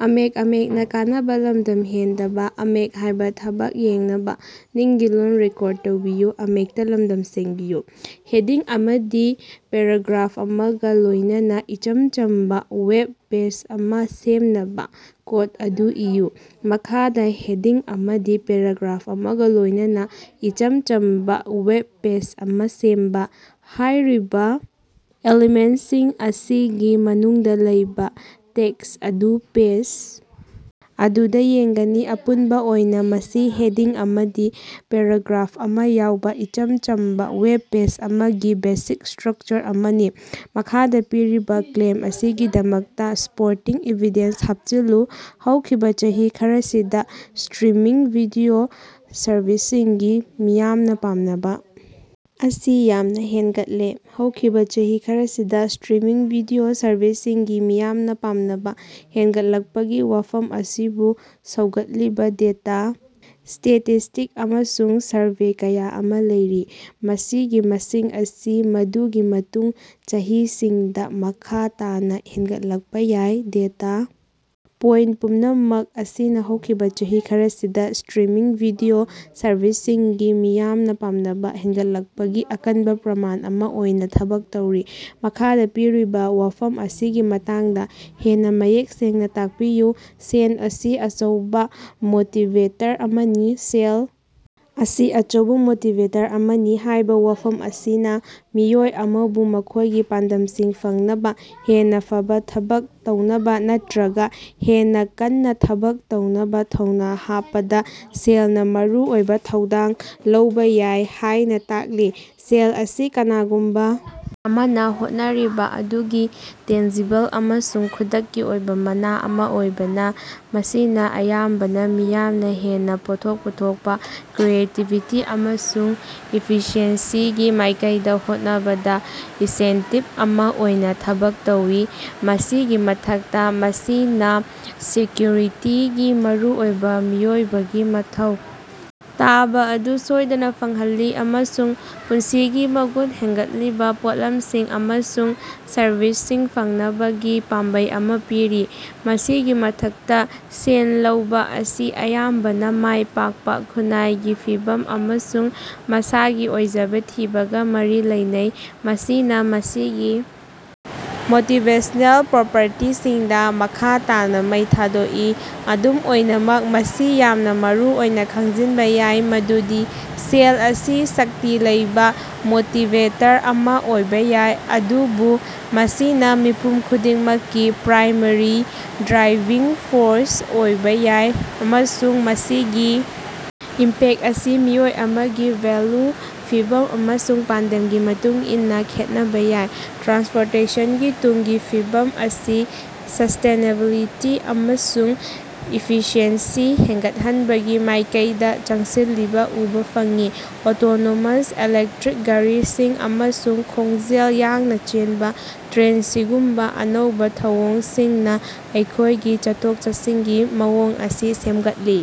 Heading ꯑꯃꯗꯤ paragraph ꯑꯃꯒ ꯂꯣꯏꯅꯅ ꯏꯆꯝ ꯆꯝꯕ ꯋꯦꯕ ꯄꯦꯖ ꯑꯃ ꯁꯦꯝꯅꯕ ꯀꯣꯗ ꯑꯗꯨ ꯏꯌꯨ꯫ ꯃꯈꯥꯗ ꯍꯦꯗꯤꯡ ꯑꯃꯗꯤ ꯄꯦꯔꯥꯒ꯭ꯔꯥꯐ ꯑꯃꯒ ꯂꯣꯏꯅꯅ ꯏꯆꯝ ꯆꯝꯕ ꯋꯦꯕꯄꯦꯖ ꯑꯃ ꯁꯦꯝꯕ꯫ ꯍꯥꯏꯔꯤꯕ ꯑꯦꯂꯤꯃꯦꯟꯠꯁꯤꯡ ꯑꯁꯤꯒꯤ ꯃꯅꯨꯡꯗ ꯂꯩꯕ ꯇꯦꯛꯁ ꯑꯗꯨ ꯄꯦꯖ ꯑꯗꯨꯗ ꯌꯦꯡꯒꯅꯤ꯫ ꯑꯄꯨꯅꯕ ꯑꯣꯏꯅ, ꯃꯁꯤ ꯍꯦꯗꯤꯡ ꯑꯃꯗꯤ ꯄꯦꯔꯥꯒ꯭ꯔꯥꯐ ꯑꯃ ꯌꯥꯎꯕ ꯏꯆꯝ ꯆꯝꯕ ꯋꯦꯕ ꯄꯦꯖ ꯑꯃꯒꯤ ꯕꯦꯁꯤꯛ ꯁ꯭ꯇꯔꯛꯆꯔ ꯑꯃꯅꯤ꯫ ꯃꯈꯥꯗ ꯄꯤꯔꯤꯕ ꯀ꯭ꯂꯦꯝ ꯑꯁꯤꯒꯤꯗꯃꯛꯇ ꯁꯄꯣꯔꯇꯤꯡ ꯏꯚꯤꯗꯦꯟꯁ ꯍꯥꯞꯆꯤꯜꯂꯨ꯫ ꯍꯧꯈꯤꯕ ꯆꯍꯤ ꯈꯔꯁꯤꯗ ꯁ꯭ꯇꯔꯤꯃꯤꯡ ꯚꯤꯗꯤꯑꯣ ꯁꯔꯚꯤꯁꯁꯤꯡꯒꯤ ꯃꯤꯌꯥꯝꯅ ꯄꯥꯝꯅꯕ ꯑꯁꯤ ꯌꯥꯝꯅ ꯍꯦꯟꯒꯠꯂꯦ꯫ ꯍꯧꯈꯤꯕ ꯆꯍꯤ ꯈꯔꯁꯤꯗ ꯁ꯭ꯇꯔꯤꯃꯤꯡ ꯚꯤꯗꯤꯑꯣ ꯁꯔꯚꯤꯁꯁꯤꯡꯒꯤ ꯃꯤꯌꯥꯝꯅ ꯄꯥꯝꯅꯕ ꯍꯦꯟꯒꯠꯂꯛꯄꯒꯤ ꯋꯥꯐꯝ ꯑꯁꯤꯕꯨ ꯁꯧꯒꯠꯂꯤꯕ ꯗꯦꯇꯥ, ꯁ꯭ꯇꯦꯇꯤꯁ꯭ꯇꯤꯛꯁ ꯑꯃꯁꯨꯡ ꯁꯔꯚꯦ ꯀꯌꯥ ꯑꯃ ꯂꯩꯔꯤ꯫ ꯃꯁꯤꯒꯤ ꯃꯁꯤꯡ ꯑꯁꯤ ꯃꯗꯨꯒꯤ ꯃꯇꯨꯡ ꯆꯍꯤꯁꯤꯡꯗ ꯃꯈꯥ ꯇꯥꯅ ꯍꯦꯟꯒꯠꯂꯛꯄ ꯌꯥꯏ꯫ ꯗꯦꯇꯥ ꯄꯣꯏꯟꯠ ꯄꯨꯝꯅꯃꯛ ꯑꯁꯤꯅ ꯍꯧꯈꯤꯕ ꯆꯍꯤ ꯈꯔꯁꯤꯗ ꯁ꯭ꯇꯔꯤꯃꯤꯡ ꯚꯤꯗꯤꯑꯣ ꯁꯔꯚꯤꯁꯁꯤꯡꯒꯤ ꯃꯤꯌꯥꯝꯅ ꯄꯥꯝꯅꯕ ꯍꯦꯟꯒꯠꯂꯛꯄꯒꯤ ꯑꯀꯟꯕ ꯄ꯭ꯔꯃꯥꯟ ꯑꯃ ꯑꯣꯏꯅ ꯊꯕꯛ ꯇꯧꯔꯤ꯫ ꯃꯈꯥꯗ ꯄꯤꯔꯤꯕ ꯋꯥꯐꯝ ꯑꯁꯤꯒꯤ ꯃꯇꯥꯡꯗ ꯍꯦꯟꯅ ꯃꯌꯦꯛ ꯁꯦꯡꯅ ꯇꯥꯛꯄꯤꯌꯨ꯫ ꯁꯦꯟ ꯑꯁꯤ ꯑꯆꯧꯕ ꯃꯣꯇꯤꯕꯦꯇꯔ ꯑꯃꯅꯤ꯫ "ꯁꯦꯜ ꯑꯁꯤ ꯑꯆꯧꯕ ꯃꯣꯇꯤꯕꯦꯇꯔ ꯑꯃꯅꯤ" ꯍꯥꯏꯕ ꯋꯥꯐꯝ ꯑꯁꯤꯅ ꯃꯤꯑꯣꯏ ꯑꯃꯕꯨ ꯃꯈꯣꯏꯒꯤ ꯄꯥꯟꯗꯝꯁꯤꯡ ꯐꯪꯅꯕ, ꯍꯦꯟꯅ ꯐꯕ ꯊꯕꯛ ꯇꯧꯅꯕ ꯅꯠꯇ꯭ꯔꯒ ꯍꯦꯟꯅ ꯀꯟꯅ ꯊꯕꯛ ꯇꯧꯅꯕ ꯊꯧꯅꯥ ꯍꯥꯞꯄꯗ ꯁꯦꯜꯅ ꯃꯔꯨꯑꯣꯏꯕ ꯊꯧꯗꯥꯡ ꯂꯧꯕ ꯌꯥꯏ ꯍꯥꯏꯅ ꯇꯥꯛꯂꯤ꯫ ꯁꯦꯜ ꯑꯁꯤ ꯀꯅꯥꯒꯨꯝꯕ ꯑꯃꯅ ꯍꯣꯠꯅꯔꯤꯕ ꯑꯗꯨꯒꯤ ꯇꯦꯟꯖꯤꯕꯜ ꯑꯃꯁꯨꯡ ꯈꯨꯗꯛꯀꯤ ꯑꯣꯏꯕ ꯃꯅꯥ ꯑꯃ ꯑꯣꯏꯕꯅ, ꯃꯁꯤꯅ ꯑꯌꯥꯝꯕꯅ ꯃꯤꯌꯥꯝꯅ ꯍꯦꯟꯅ ꯄꯣꯠꯊꯣꯛ ꯄꯨꯊꯣꯛꯄ, ꯀ꯭ꯔꯤꯌꯦꯇꯤꯕꯤꯇꯤ ꯑꯃꯁꯨꯡ ꯏꯐꯤꯁꯤꯑꯦꯟꯁꯤꯒꯤ ꯃꯥꯏꯀꯩꯗ ꯍꯣꯠꯅꯕꯗ ꯏꯟꯁꯦꯟꯇꯤꯕ ꯑꯃ ꯑꯣꯏꯅ ꯊꯕꯛ ꯇꯧꯏ꯫ ꯃꯁꯤꯒꯤ ꯃꯊꯛꯇ, ꯃꯁꯤꯅ ꯁꯦꯀ꯭ꯌꯨꯔꯤꯇꯤꯒꯤ ꯃꯔꯨꯑꯣꯏꯕ ꯃꯤꯑꯣꯏꯕꯒꯤ ꯃꯊꯧ ꯇꯥꯕ ꯑꯗꯨ ꯁꯣꯏꯗꯅ ꯐꯪꯍꯜꯂꯤ ꯑꯃꯁꯨꯡ ꯄꯨꯟꯁꯤꯒꯤ ꯃꯒꯨꯟ ꯍꯦꯟꯒꯠꯍꯜꯂꯤꯕ ꯄꯣꯠꯂꯝꯁꯤꯡ ꯑꯃꯁꯨꯡ ꯁꯔꯕꯤꯁꯁꯤꯡ ꯐꯪꯅꯕꯒꯤ ꯄꯥꯝꯕꯩ ꯑꯃ ꯄꯤꯔꯤ꯫ ꯃꯁꯤꯒꯤ ꯃꯊꯛꯇ, ꯁꯦꯟ ꯂꯧꯕ ꯑꯁꯤ ꯑꯌꯥꯝꯕꯅ ꯃꯥꯏ ꯄꯥꯛꯄ, ꯈꯨꯟꯅꯥꯏꯒꯤ ꯐꯤꯚꯝ, ꯑꯃꯁꯨꯡ ꯃꯁꯥꯒꯤ ꯑꯣꯏꯖꯕ ꯊꯤꯕꯒ ꯃꯔꯤ ꯂꯩꯅꯩ, ꯃꯁꯤꯅ ꯃꯁꯤꯒꯤ ꯃꯣꯇꯤꯕꯦꯁꯅꯦꯜ ꯄ꯭ꯔꯣꯄꯔꯇꯤꯁꯤꯡꯗ ꯃꯈꯥ ꯇꯥꯅ ꯃꯩ ꯊꯥꯗꯣꯛꯏ꯫ ꯑꯗꯨꯝ ꯑꯣꯏꯅꯃꯛ, ꯃꯁꯤ ꯌꯥꯝꯅ ꯃꯔꯨꯑꯣꯏꯅ ꯈꯪꯖꯤꯟꯕ ꯌꯥꯏ ꯃꯗꯨꯗꯤ ꯁꯦꯜ ꯑꯁꯤ ꯁꯛꯇꯤ ꯂꯩꯕ ꯃꯣꯇꯤꯕꯦꯇꯔ ꯑꯃ ꯑꯣꯏꯕ ꯌꯥꯏ, ꯑꯗꯨꯕꯨ ꯃꯁꯤꯅ ꯃꯤꯄꯨꯝ ꯈꯨꯗꯤꯡꯃꯛꯀꯤ ꯄ꯭ꯔꯥꯏꯃꯥꯔꯤ ꯗ꯭ꯔꯥꯏꯚꯤꯡ ꯐꯣꯔꯁ ꯑꯣꯏꯕ ꯌꯥꯏ, ꯑꯃꯁꯨꯡ ꯃꯁꯤꯒꯤ ꯏꯝꯄꯦꯛ ꯑꯁꯤ ꯃꯤꯑꯣꯏ ꯑꯃꯒꯤ ꯚꯦꯜꯌꯨ, ꯐꯤꯚꯝ ꯑꯃꯁꯨꯡ ꯄꯥꯟꯗꯝꯒꯤ ꯃꯇꯨꯡꯏꯟꯅ ꯈꯦꯠꯅꯕ ꯌꯥꯏ꯫ ꯇ꯭ꯔꯥꯟꯁꯄꯣꯔꯇꯦꯁꯟꯒꯤ ꯇꯨꯡꯒꯤ ꯐꯤꯕꯝ ꯑꯁꯤ ꯁ꯭ꯁꯇꯦꯅꯦꯕꯤꯂꯤꯇꯤ ꯑꯃꯁꯨꯡ ꯏꯐꯤꯁꯤꯑꯦꯟꯁꯤ ꯍꯦꯟꯒꯠꯍꯟꯕꯒꯤ ꯃꯥꯏꯀꯩꯗ ꯆꯪꯁꯤꯜꯂꯤꯕ ꯎꯕ ꯐꯪꯏ, ꯑꯣꯇꯣꯅꯣꯃꯁ ꯏꯂꯦꯛꯇ꯭ꯔꯤꯛ ꯒꯥꯔꯤꯁꯤꯡ ꯑꯃꯁꯨꯡ ꯈꯣꯡꯖꯦꯜ ꯌꯥꯡꯅ ꯆꯦꯟꯕ ꯇ꯭ꯔꯦꯟꯁꯤꯡꯒꯨꯝꯕ ꯑꯅꯧꯕ ꯊꯧꯑꯣꯡꯁꯤꯡꯅ ꯑꯩꯈꯣꯏꯒꯤ ꯆꯠꯊꯣꯛ-ꯆꯠꯁꯤꯟꯒꯤ ꯃꯑꯣꯡ ꯑꯁꯤ ꯁꯦꯝꯒꯠꯂꯤ꯫